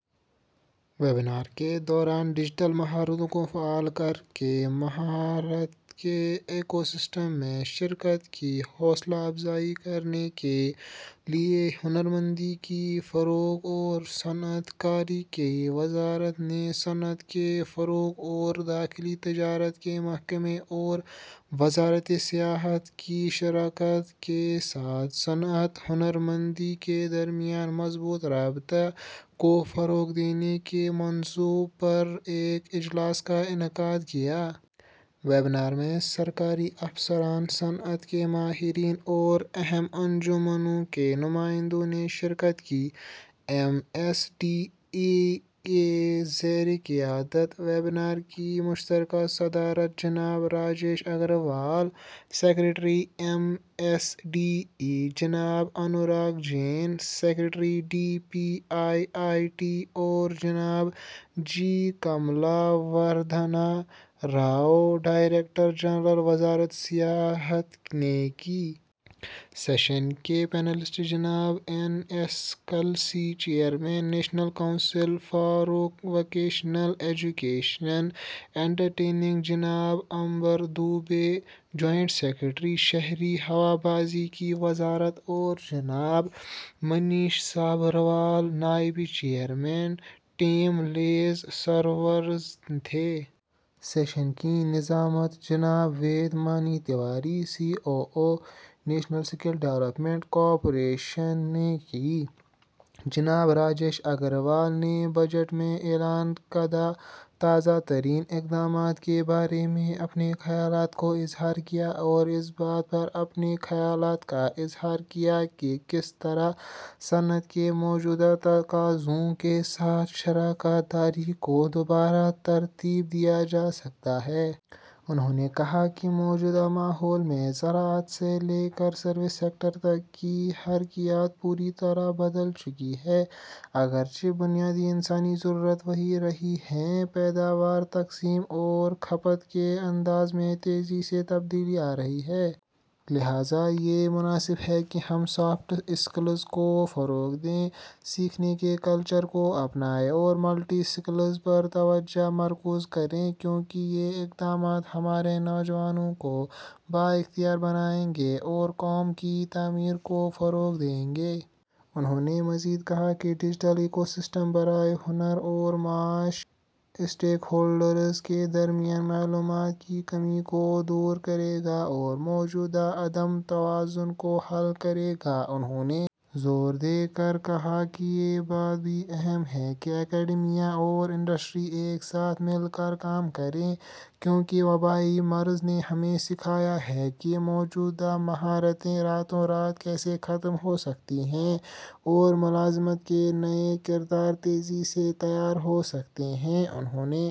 Webinar کے دوران digital مہارتوں کو فعال کرکے مہارت کے ایکوسسٹم میں شرکت کی حوصلہ افزائی کرنے کے لیے ہنرمندی کے فروغ اور صنعت کاری کی وزارت نے صنعت کے فروغ اور داخلی تجارت کے محکمہ اور وزارت سیاحت کی شراکت کے ساتھ صنعت-ہنر مندی کے درمیان مضبوط رابطہ کو فروغ دینے کے موضوع پر ایک اجلاس کا انعقاد کیا۔ ویبینار میں سرکاری افسران، صنعت کے ماہرین اور اہم انجمنوں کے نمائندوں نے شرکت کی۔ ایم ایس ڈی ای کی زیرقیادت ویبینار کی مشترکہ صدارت جناب Rajesh Agarwal, secretary, M S D E, جناب Anurag Jain, secretary, D P I I T اور جناب G Kamala Vardhana Rao, director general, وزارت سیاحت نے کی۔ سیشن کے پینلسٹ جناب N S Kalsi, chairman, national council for vocational education and training, جناب امبر دوبے، جوائنٹ سکریٹری، شہری ہوا بازی کی وزارت اور جناب منیش سابھروال، نائب چیئرمین، ٹیم لیز سروسز تھے۔ سیشن کی نظامت جناب Ved Mani Tiwari, C O O, national skill development corporation نے کی۔ جناب راجیش اگروال نے بجٹ میں اعلان کردہ تازہ ترین اقدامات کے بارے میں اپنے خیالات کا اظہار کیا اور اس بات پر اپنے خیالات کا اظہار کیا کہ کس طرح صنعت کے موجودہ تقاضوں کے ساتھ شراکت داری کو دوبارہ ترتیب دیا جا سکتا ہے۔ انہوں نے کہا کہ موجودہ ماحول میں زراعت سے لے کر سروس سیکٹر تک کی حرکیات پوری طرح بدل چکی ہے۔ اگرچہ بنیادی انسانی ضروریات وہی رہی ہیں، پیداوار، تقسیم اور کھپت کے انداز میں تیزی سے تبدیلی آ رہی ہے۔ لہذا یہ مناسب ہے کہ ہم سافٹ اسکلز کو فروغ دیں، سیکھنے کے کلچر کو اپنائیں اور ملٹی اسکلنگ پر توجہ مرکوز کریں، کیونکہ یہ اقدامات ہمارے نوجوانوں کو بااختیار بنائیں گے اور قوم کی تعمیر کو فروغ دیں گے۔ انہوں نے مزید کہا کہ ڈیجیٹل ایکو سسٹم برائے ہنر اور معاش اسٹیک ہولڈرز کے درمیان معلومات کی کمی کو دور کرے گا اور موجودہ عدم توازن کو حل کرے گا۔ انہوں نے زور دے کر کہا کہ یہ بات بھی اہم ہے کہ اکیڈمیا اور انڈسٹری ایک ساتھ مل کر کام کریں کیونکہ وبائی مرض نے ہمیں سکھایا ہے کہ موجودہ مہارتیں راتوں رات کیسے ختم ہو سکتی ہیں اور ملازمت کے نئے کردار تیزی سے تیار ہو سکتے ہیں۔ انہوں